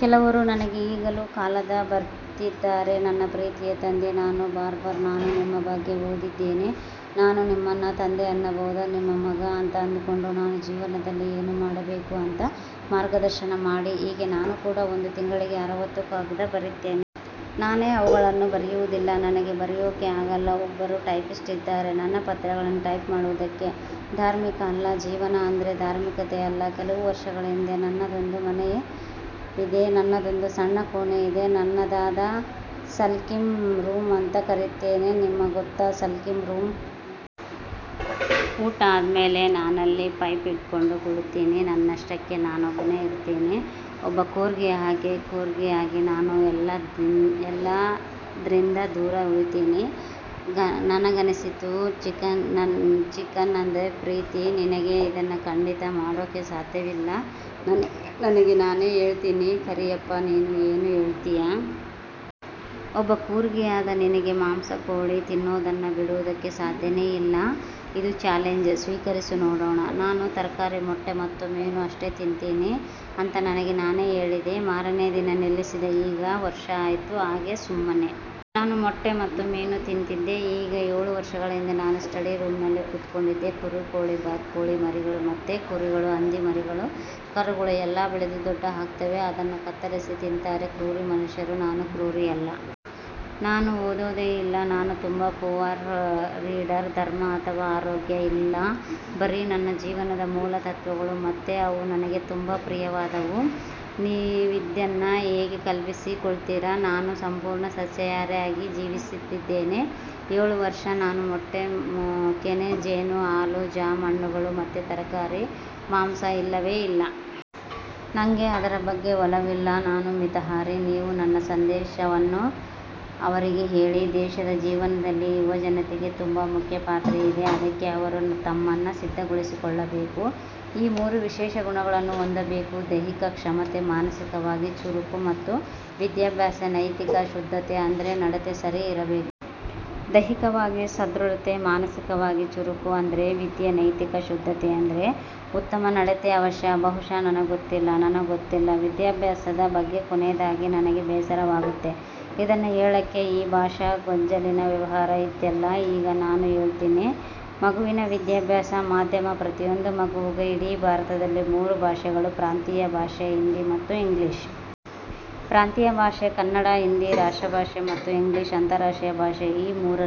ಕೆಲವರು ನನಗೆ ಈಗಲೂ ಕಾಗದ ಬರೀತಿರ್ತಾರೆ 'ನನ್ನ ಪ್ರೀತಿಯ ತಂದೆ, ನಾನು ಬಾರ್ಬರ್. ನಾನು ನಿಮ್ಮ ಬಗ್ಗೆ ಓದಿದ್ದೇನೆ. ನಾನು ನಿಮ್ಮನ್ನ ತಂದೆ ಅನ್ನಬಹುದಾ. ನಿಮ್ಮ ಮಗ ಅಂತ ಅಂದ್ಕೊಂಡು, ನಾನು ಜೀವನದಲ್ಲಿ ಏನು ಮಾಡಬೇಕು ಅಂತ ಮಾರ್ಗದರ್ಶನ ಮಾಡಿ. ' ಹೀಗೆ. ನಾನು ಕೂಡಾ ಒಂದು ತಿಂಗಳಿಗೆ ಅರವತ್ತು ಕಾಗ್ದ ಬರೀತೇನೆ. ನಾನೇ ಅವುಗಳನ್ನ ಬರಯೋದಿಲ್ಲ. ನನಗೆ ಬರೆಯೋಕೆ ಆಗಲ್ಲ. ಒಬ್ಬರು ಟೈಪಿಸ್ಟ್ ಇದ್ದಾರೆ ನನ್ನ ಪತ್ರಗಳನ್ನ ಟೈಪ್ ಮಾಡೋದಿಕ್ಕೆ. ಧಾರ್ಮಿಕ ಅಲ್ಲ. ಜೀವನ ಅಂದ್ರೆ ಧಾರ್ಮಿಕತೆ ಅಲ್ಲ. ಕೆಲವು ವರ್ಷಗಳ ಹಿಂದೆ, ನನ್ನದೊಂದು ಮನೆಯಿದೆ, ನನ್ನದೊಂದು ಸಣ್ಣ ಕೋಣೆಯಿದೆ. ನಾನದನ್ನ 'ಸಲ್ಕಿಂಗ್ ರೂಂ' ಅಂತ ಕರೀತೀನಿ. ನಿಮಗ್ಗೊತ್ತಾ 'ಸಲ್ಕಿಂಗ್ ರೂಂ. ' ಊಟ ಆದ್ಮೇಲೆ ನಾನಲ್ಲಿ ಪೈಪ್ ಹಿಡ್ಕೊಂಡು ಕೂತ್ಕೋಳ್ತೀನಿ. ನನ್ನಷ್ಟಕ್ಕೆ ನಾನೊಬ್ಬನೇ ಇರ್ತೀನೆ. ಒಬ್ಬ ಕೂರ್ಗಿಯ ಹಾಗೆ, ಕೂರ್ಗಿಯಾಗಿ ನಾನು ಎಲ್ಲದ್ರಿಂದ ದೂರ ಉಳೀತೀನೆ. ನನಗನಿಸಿತು. 'ನಿನಗೆ ಚಿಕನ್ ಅಂದ್ರೆ ಪ್ರೀತಿ. ನಿನಗೆ ಇದನ್ನ ಖಂಡಿತಾ ಮಾಡೋಕೆ ಸಾಧ್ಯವಿಲ್ಲ'. ನನಗೆ ನಾನೇ ಹೇಳ್ತೇನೆ. 'ಕಾರಿಯಪ್ಪ. ನೀನು ಏನು ಹೇಳ್ತಿಯಾ? ಒಬ್ಬ ಕೂರ್ಗಿಯಾಗಿ ನಿನಗೆ ಮಾಂಸ, ಕೋಳಿ, ತಿನ್ನೋದನ್ನ ಬಿಡೋದಕ್ಕೆ ಸಾಧ್ಯನೇ ಇಲ್ಲ. ಇದು ಚ್ಯಾಲೆಂಜ್. ಸ್ವೀಕರಿಸು ನೋಡೋಣ? ' 'ನಾನು ತರಕಾರಿ, ಮೊಟ್ಟೆ ಮತ್ತು ಮೀನು ಅಷ್ಟೇ ತಿನ್ತೇನೆ' ಅಂತ ನನಗೆ ನಾನೇ ಹೇಳಿದೆ. ಮಾರನೇ ದಿನ ನಿಲ್ಲಿಸಿದೆ. ಈಗ ವರ್ಷ ಆಯ್ತು. ಹಾಗೇ ಸುಮ್ಮನೆ. ನಾನು ಮೊಟ್ಟೆ ಮತ್ತು ಮೀನು ತಿಂತಿದ್ದೆ. ಈಗ್ಗೆ ಏಳು ವರ್ಷಗಳ ಹಿಂದೆ ನಾನು ಸ್ಟಡಿ ರೂಂನಲ್ಲಿ ಕೂತ್ಕೊಂಡಿದ್ದೆ. ಕುರಿ, ಕೋಳಿ, ಬಾತುಕೋಳಿ ಮರಿಗಳು, ಮತ್ತೆ ಕುರಿಗಳು. ಹಂದಿ ಮರಿಗಳು. ಕರುಗಳು. ಎಲ್ಲ ಬೆಳೆದು ದೊಡ್ಡ ಆಗ್ತಾವೆ. ಅದನ್ನ ಕತ್ತರಿಸಿ ತಿಂತಾರೆ ಕ್ರೂರಿ ಮನುಷ್ಯರು. ನಾನು ಕ್ರೂರಿಯಲ್ಲ. ನಾನು ಓದೋದೇ ಇಲ್ಲ. ನಾನು ತುಂಬಾ ಪುವರ್ ರೀಡರ್. ಧರ್ಮ ಅಥವಾ ಆರೋಗ್ಯ ಇಲ್ಲ. ಬರೀ ನನ್ನ ಜೀವನದ ಮೂಲ ತತ್ವಗಳು ಮತ್ತೆ ಅವು ನನಗೆ ತುಂಬಾ ಪ್ರಿಯವಾದವು. ನೀವಿದನ್ನ ಹೇಗೆ ಕಲ್ಪಿಸಿಕೊಳ್ತೀರಾ. ನಾನು ಸಂಪೂರ್ಣ ಸಸ್ಯಹಾರಿಯಾಗಿ ಜೀವಿಸ್ತಿದ್ದೇನೆ. ಏಳು ವರ್ಷ. ನಾನು ಮೊಟ್ಟೆ, ಕೆನೆ, ಜೇನು, ಹಾಲು, ಜ್ಯಾಮ್, ಹಣ್ಣುಗಳು ಮತ್ತೆ ತರಕಾರಿ, ಮಾಂಸ ಇಲ್ಲವೇ ಇಲ್ಲ. ನಂಗೆ ಅದರ ಬಗ್ಗೆ ಒಲವಿಲ್ಲ. ನಾನು ಮಿತಾಹಾರಿ. ನೀವು ನನ್ನ ಸಂದೇಶವನ್ನ ಅವರಿಗೆ ಹೇಳಿ. ದೇಶದ ಜೀವನದಲ್ಲಿ ಯುವಜನತೆಗೆ ತುಂಬಾ ಮುಖ್ಯ ಪಾತ್ರ ಇದೆ. ಅದಕ್ಕೆ ಅವರು ತಮ್ಮನ್ನ ಸಿದ್ಧಗೊಳಿಸಿಕೊಳ್ಳಬೇಕು. ಈ ಮೂರು ವಿಶೇಷ ಗುಣಗಳನ್ನ ಹೊಂದಬೇಕು. ದೈಹಿಕ ಕ್ಷಮತೆ, ಮಾನಸಿಕವಾಗಿ ಚುರುಕು ಮತ್ತು ವಿದ್ಯಾಭ್ಯಾಸ, ನೈತಿಕ ಶುದ್ಧತೆ ಅಂದ್ರೆ ನಡತೆ ಸರಿ ಇರಬೇಕು. ದೈಹಿಕವಾಗಿ ಸದೃಢತೆ, ಮಾನಸಿಕವಾಗಿ ಚುರುಕು ಅಂದ್ರೆ ವಿದ್ಯೆ, ನೈತಿಕ ಶುದ್ಧತೆ ಅಂದ್ರೆ ಉತ್ತಮ ನಡತೆ ಅವಶ್ಯ. ಬಹುಶಃ ನನಗ್ಗೊತ್ತಿಲ್ಲ. ನನಗ್ಗೊತ್ತಿಲ್ಲ ವಿದ್ಯಾಭ್ಯಾಸದ ಬಗ್ಗೆ. ಕೊನೇದಾಗಿ ನನಗೆ ಬೇಸರವಾಗುತ್ತೆ ಇದನ್ನ ಹೇಳಕ್ಕೆ ಈ ಭಾಷಾ ಗೋಜಲಿನ ವ್ಯವಹಾರ ಇದ್ಯಲ್ಲ ಈಗ. ನಾನು ಹೇಳ್ತೇನೆ. ಮಗುವಿನ ವಿದ್ಯಾಭ್ಯಾಸ ಮಾಧ್ಯಮ – ಪ್ರತಿಯೊಂದು ಮಗುವಿಗೂ ಇಡೀ ಭಾರತದಲ್ಲಿ ಮೂರು ಭಾಷೆಗಳು, ಪ್ರಾಂತೀಯ ಭಾಷೆ, ಹಿಂದಿ ಮತ್ತು ಇಂಗ್ಲಿಷ್. ಪ್ರಾಂತೀಯ ಭಾಷೆ ಕನ್ನಡ, ಹಿಂದಿ ರಾಷ್ಟ್ರಭಾಷೆ ಮತ್ತು ಇಂಗ್ಲಿಷ್ ಅಂತರರಾಷ್ಟ್ರೀಯ ಭಾಷೆ. ಈ ಮೂರು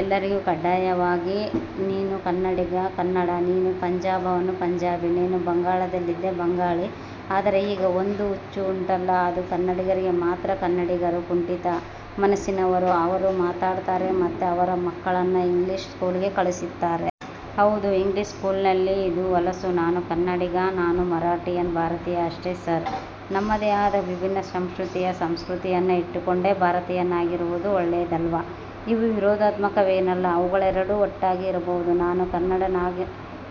ಎಲ್ಲರಿಗೂ ಕಡ್ಡಾಯವಾಗಬೇಕು. ನೀನು ಕನ್ನಡಿಗ, ಕನ್ನಡ; ನೀನು ಪಂಜಾಬ್ನವರು, ಪಂಜಾಬಿ; ನೀನು ಬಂಗಾಳದಲ್ಲಿದ್ದೀ ಬಂಗಾಳಿ. ಆದರೆ ಈಗ ಒಂದು ಹುಚ್ಚು ಉಂಟಲ್ಲ ಅದು ಕನ್ನಡಿಗರಿಗೆ ಮಾತ್ರ. ಕನ್ನಡಿಗರು ಕುಂಠಿತ ಮನಸ್ಸಿನವರು ಅವರು ಮಾತಾಡ್ತಾರೆ ಮತ್ತೆ ಅವರ ಮಕ್ಕಳನ್ನ ಇಂಗ್ಲಿಷ್ ಸ್ಕೂಲ್ಗೆ ಕಳಿಸ್ತಾರೆ. ಹೌದು. ಇಂಗ್ಲಿಷ್ ಸ್ಕೂಲ್ನಲ್ಲಿ. ಇದು ಹೊಲಸು. ನಾನು ಕನ್ನಡಿಗ. ನಾನು ಮರಾಠಿಯನ್. ಭಾರತೀಯ ಅಷ್ಟೆ. ಸರ್, ನಮ್ಮದೇ ಆದ ವಿಭಿನ್ನ ಸ್ವಂತಿಕೆಯ ಸಂಸ್ಕೃತಿಯನ್ನ ಇಟ್ಟುಕೊಂಡೇ ಭಾರತೀಯನಾಗಿರುವುದು ಒಳ್ಳೇಯದಲ್ವ. ಇವು ವಿರೋಧಾತ್ಮಕವೇನಲ್ಲ. ಅವುಗಳೆರಡೂ ಒಟ್ಟಾಗಿ ಇರ್ಬಹುದು. ನಾನು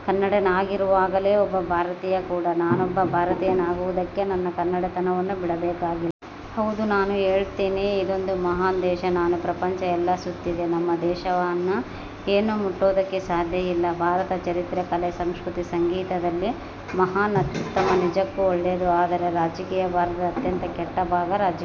ಕನ್ನಡಿಗನಾಗಿರುವಾಗಲೇ ಒಬ್ಬ ಭಾರತೀಯ ಕೂಡಾ. ನಾನೊಬ್ಬ ಭಾರತೀಯನಾಗುವುದಕ್ಕೆ ನನ್ನ ಕನ್ನಡಿಗತನವನ್ನ ಬಿಡಬೇಕಾಗಿಲ್ಲ. ಹೌದು. ನಾನು ಹೇಳ್ತೇನೆ, ಇದೊಂದು ಮಹಾನ್ ದೇಶ. ನಾನು ಪ್ರಪಂಚ ಎಲ್ಲ ಸುತ್ತಿದೆ. ನಮ್ಮ ದೇಶವನ್ನ ಏನೂ ಮುಟ್ಟೋದಕ್ಕೆ ಸಾಧ್ಯ ಇಲ್ಲ. ಭಾರತ ಚರಿತ್ರೆ, ಕಲೆ, ಸಂಸ್ಕೃತಿ, ಸಂಗೀತದಲ್ಲಿ ಮಹಾನ್, ಅತ್ಯುತ್ತಮ. ನಿಜಕ್ಕೂ ಒಳ್ಳೇದು. ಆದರೆ ರಾಜಕೀಯ ಭಾರತದ ಅತ್ಯಂತ ಕೆಟ್ಟ ಭಾಗ ರಾಜಕೀಯ.